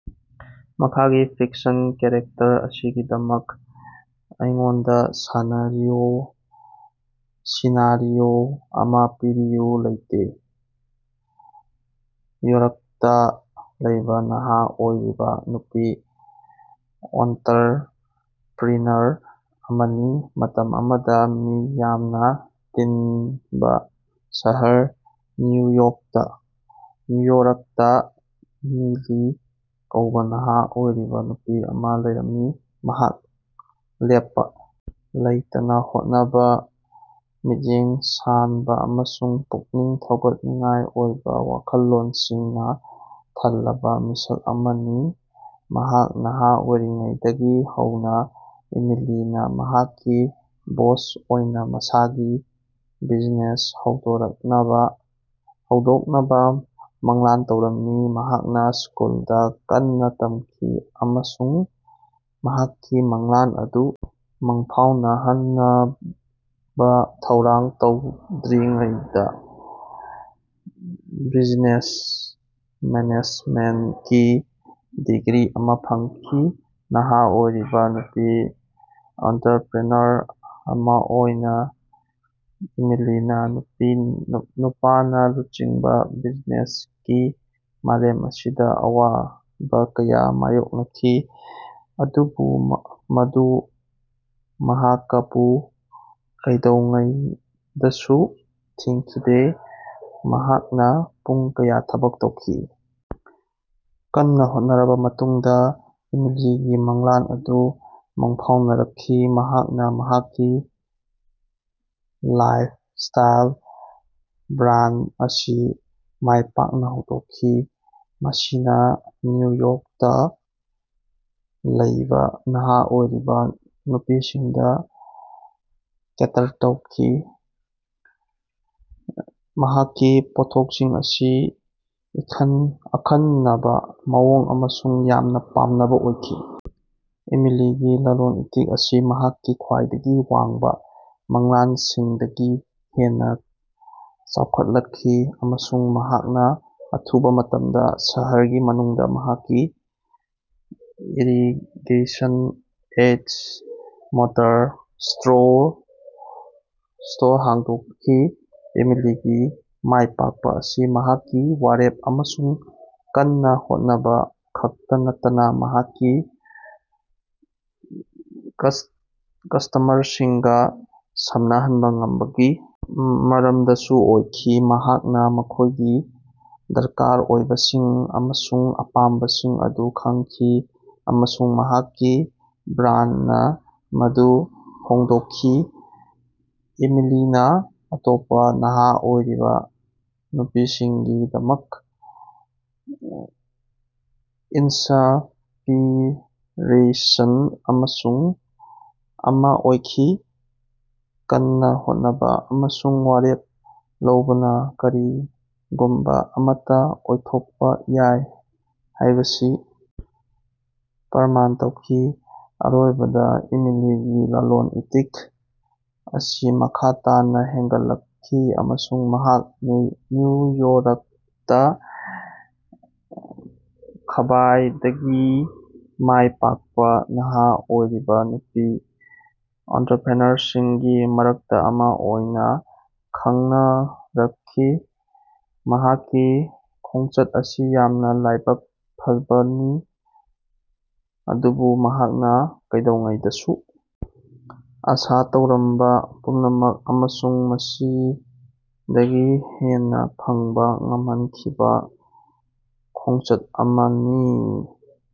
ꯃꯈꯥꯒꯤ fiction character ꯑꯁꯤꯒꯤꯗꯃꯛ ꯑꯩꯉꯣꯟꯗ ꯁꯤꯅꯥꯔꯤꯑꯣ ꯑꯃ ꯄꯤꯕꯤꯌꯨ ꯂꯩꯇꯦ꯫ ꯌꯣꯔꯛꯇ ꯂꯩꯕ ꯅꯍꯥ ꯑꯣꯏꯔꯤꯕ ꯅꯨꯄꯤ ꯑꯣꯟꯇꯔꯄ꯭ꯔꯤꯅꯔ ꯑꯃꯅꯤ꯫ ꯃꯇꯝ ꯑꯃꯗ ꯃꯤ ꯌꯥꯝꯅ ꯇꯤꯟꯕ ꯁꯍꯔ ꯅ꯭ꯌꯨ ꯌꯣꯔꯛꯇ ꯏꯃꯤꯂꯤ ꯀꯧꯕ ꯅꯍꯥ ꯑꯣꯏꯔꯤꯕ ꯅꯨꯄꯤ ꯑꯃ ꯂꯩꯔꯝꯃꯤ꯫ ꯃꯍꯥꯛ ꯂꯦꯞꯄ ꯂꯩꯇꯅ ꯍꯣꯠꯅꯕ, ꯃꯤꯠꯌꯦꯡ ꯁꯥꯟꯕ ꯑꯃꯁꯨꯡ ꯄꯨꯛꯅꯤꯡ ꯊꯧꯒꯠꯅꯤꯡꯉꯥꯏ ꯑꯣꯏꯕ ꯋꯥꯈꯜꯂꯣꯟꯁꯤꯡꯅ ꯊꯜꯂꯕ ꯃꯤꯁꯛ ꯑꯃꯅꯤ꯫ ꯃꯍꯥꯛ ꯅꯍ ꯑꯣꯏꯔꯤꯉꯩꯗꯒꯤ ꯍꯧꯅ ꯏꯃꯤꯂꯤꯅ ꯃꯍꯥꯛꯀꯤ ꯕꯣꯁ ꯑꯣꯏꯅ ꯃꯁꯥꯒꯤ ꯕꯤꯖꯤꯅꯦꯁ ꯍꯧꯗꯣꯛꯅꯕ ꯃꯪꯂꯥꯟ ꯇꯧꯔꯝꯃꯤ꯫ ꯃꯍꯥꯛꯅ ꯁ꯭ꯀꯨꯜꯗ ꯀꯟꯅ ꯇꯝꯈꯤ ꯑꯃꯁꯨꯡ ꯃꯍꯥꯛꯀꯤ ꯃꯪꯂꯥꯟ ꯑꯗꯨ ꯃꯪꯐꯥꯎꯅꯍꯟꯅꯕ ꯊꯧꯔꯥꯡ ꯇꯧꯗ꯭ꯔꯤꯉꯩꯗ ꯕꯤꯖꯤꯅꯦꯁ ꯃꯦꯅꯦꯖꯃꯦꯟꯠꯀꯤ ꯗꯤꯒ꯭ꯔꯤ ꯑꯃ ꯐꯪꯈꯤ꯫ ꯅꯍꯥ ꯑꯣꯏꯔꯤꯕ ꯅꯨꯄꯤ ꯑꯣꯟꯇꯔꯄ꯭ꯔꯤꯅꯔ ꯑꯃ ꯑꯣꯏꯅ ꯏꯃꯤꯂꯤꯅ ꯅꯨꯄꯥꯅ ꯂꯨꯆꯤꯡꯕ ꯕꯤꯖꯤꯅꯦꯁꯀꯤ ꯃꯥꯂꯦꯝ ꯑꯁꯤꯗ ꯑꯋꯥꯕ ꯀꯌꯥ ꯃꯥꯌꯣꯛꯅꯈꯤ꯫ ꯑꯗꯨꯕꯨ ꯃꯗꯨ ꯃꯍꯥꯀꯄꯨ ꯀꯩꯗꯧꯉꯩꯗꯁꯨ ꯊꯤꯡꯈꯤꯗꯦ꯫ ꯃꯍꯥꯛꯅ ꯄꯨꯡ ꯀꯌꯥ ꯊꯕꯛ ꯇꯧꯈꯤ, ꯀꯟꯅ ꯍꯣꯠꯅꯔꯕ ꯃꯇꯨꯡꯗ ꯏꯃꯤꯂꯤꯒꯤ ꯃꯪꯂꯥꯟ ꯑꯗꯨ ꯃꯪꯐꯥꯎꯅꯔꯛꯈꯤ꯫ ꯃꯍꯥꯛꯅ ꯃꯍꯥꯛꯀꯤ ꯂꯥꯏꯐꯁ꯭ꯇꯥꯏꯜ ꯕ꯭ꯔꯥꯟꯗ ꯑꯁꯤ ꯃꯥꯏ ꯄꯥꯛꯅ ꯍꯧꯗꯣꯛꯈꯤ, ꯃꯁꯤꯅ ꯅ꯭ꯌꯨ ꯌꯣꯔꯛꯇ ꯂꯩꯕ ꯅꯍꯥ ꯑꯣꯏꯔꯤꯕ ꯅꯨꯄꯤꯁꯤꯡꯗ ꯀꯦꯇꯔ ꯇꯧꯈꯤ꯫ ꯃꯍꯥꯛꯀꯤ ꯄꯣꯠꯊꯣꯛꯁꯤꯡ ꯑꯁꯤ ꯑꯈꯟꯅꯕ, ꯃꯑꯣꯡ ꯑꯃꯁꯨꯡ ꯌꯥꯝꯅ ꯄꯥꯝꯅꯕ ꯑꯣꯏꯈꯤ꯫ ꯏꯃꯤꯂꯤꯒꯤ ꯂꯂꯣꯟ-ꯏꯇꯤꯛ ꯑꯁꯤ ꯃꯍꯥꯛꯀꯤ ꯈ꯭ꯋꯥꯏꯗꯒꯤ ꯋꯥꯡꯕ ꯃꯪꯂꯥꯟꯁꯤꯡꯗꯒꯤ ꯍꯦꯟꯅ ꯆꯥꯎꯈꯠꯂꯛꯈꯤ, ꯑꯃꯁꯨꯡ ꯃꯍꯥꯛꯅ ꯑꯊꯨꯕ ꯃꯇꯝꯗ ꯁꯍꯔꯒꯤ ꯃꯅꯨꯡꯗ ꯃꯍꯥꯛꯀꯤ ꯏꯔꯤꯒꯦꯁꯟ-ꯑꯦꯟꯗ-ꯃꯣꯔꯇꯔ ꯁ꯭ꯇꯣꯔ ꯍꯥꯡꯗꯣꯛꯈꯤ꯫ ꯏꯃꯤꯂꯤꯒꯤ ꯃꯥꯏꯄꯥꯛꯄ ꯑꯁꯤ ꯃꯍꯥꯛꯀꯤ ꯋꯥꯔꯦꯞ ꯑꯃꯁꯨꯡ ꯀꯟꯅ ꯍꯣꯠꯅꯕ ꯈꯛꯇ ꯅꯠꯇꯅ ꯃꯍꯥꯛꯀꯤ ꯀꯁ꯭ꯇꯃꯔꯁꯤꯡꯒ ꯁꯝꯅꯍꯟꯕ ꯉꯝꯕꯒꯤ ꯃꯔꯝꯗꯁꯨ ꯑꯣꯏꯈꯤ꯫ ꯃꯍꯥꯛꯅ ꯃꯈꯣꯏꯒꯤ ꯗꯔꯀꯥꯔ ꯑꯣꯏꯕꯁꯤꯡ ꯑꯃꯁꯨꯡ ꯑꯄꯥꯝꯕꯁꯤꯡ ꯑꯗꯨ ꯈꯪꯈꯤ, ꯑꯃꯁꯨꯡ ꯃꯍꯥꯛꯀꯤ ꯕ꯭ꯔꯥꯟꯗꯅ ꯃꯗꯨ ꯐꯣꯡꯗꯣꯛꯈꯤ꯫ ꯏꯃꯤꯂꯤꯅ ꯑꯇꯣꯞꯄ ꯅꯍꯥ ꯑꯣꯏꯔꯤꯕ ꯅꯨꯄꯤꯁꯤꯡꯒꯤꯗꯃꯛ ꯏꯟꯁꯄꯤꯔꯦꯁꯟ ꯑꯃ ꯑꯣꯏꯈꯤ, ꯀꯟꯅ ꯍꯣꯠꯅꯕ ꯑꯃꯁꯨꯡ ꯋꯥꯔꯦꯞ ꯂꯧꯕꯅ ꯀꯔꯤꯒꯨꯝꯕ ꯑꯃꯠꯇ ꯑꯣꯏꯊꯣꯛꯄ ꯌꯥꯏ ꯍꯥꯏꯕꯁꯤ ꯄ꯭ꯔꯃꯥꯟ ꯇꯧꯈꯤ꯫ ꯑꯔꯣꯏꯕꯗ ꯏꯃꯤꯂꯤꯒꯤ ꯂꯂꯣꯟ-ꯏꯇꯤꯛ ꯑꯁꯤ ꯃꯈꯥ ꯇꯥꯅ ꯍꯦꯟꯒꯠꯂꯛꯈꯤ, ꯑꯃꯁꯨꯡ ꯃꯍꯥꯛ ꯅ꯭ꯌꯨ ꯌꯣꯔꯛꯇ ꯈ꯭ꯕꯥꯏꯗꯒꯤ ꯃꯥꯏ ꯄꯥꯛꯄ ꯅꯍꯥ ꯑꯣꯏꯔꯤꯕ ꯅꯨꯄꯤ ꯑꯣꯟꯇꯔꯄ꯭ꯔꯤꯅꯔꯁꯤꯡꯒꯤ ꯃꯔꯛꯇ ꯑꯃ ꯑꯣꯏꯅ ꯈꯪꯅꯔꯛꯈꯤ꯫ ꯃꯍꯥꯛꯀꯤ ꯈꯣꯡꯆꯠ ꯑꯁꯤ ꯌꯥꯝꯅ ꯂꯥꯏꯕꯛ ꯐꯕꯅꯤ, ꯑꯗꯨꯕꯨ ꯃꯍꯥꯛꯅ ꯀꯩꯗꯧꯉꯩꯗꯁꯨ ꯑꯥꯁꯥ ꯇꯧꯔꯝꯕ ꯄꯨꯝꯅꯃꯛ, ꯑꯃꯁꯨꯡ ꯃꯁꯤꯗꯒꯤ ꯍꯦꯟꯅ ꯐꯪꯕ ꯉꯝꯍꯟꯈꯤꯕ ꯈꯣꯡꯆꯠ ꯑꯃꯅꯤ꯫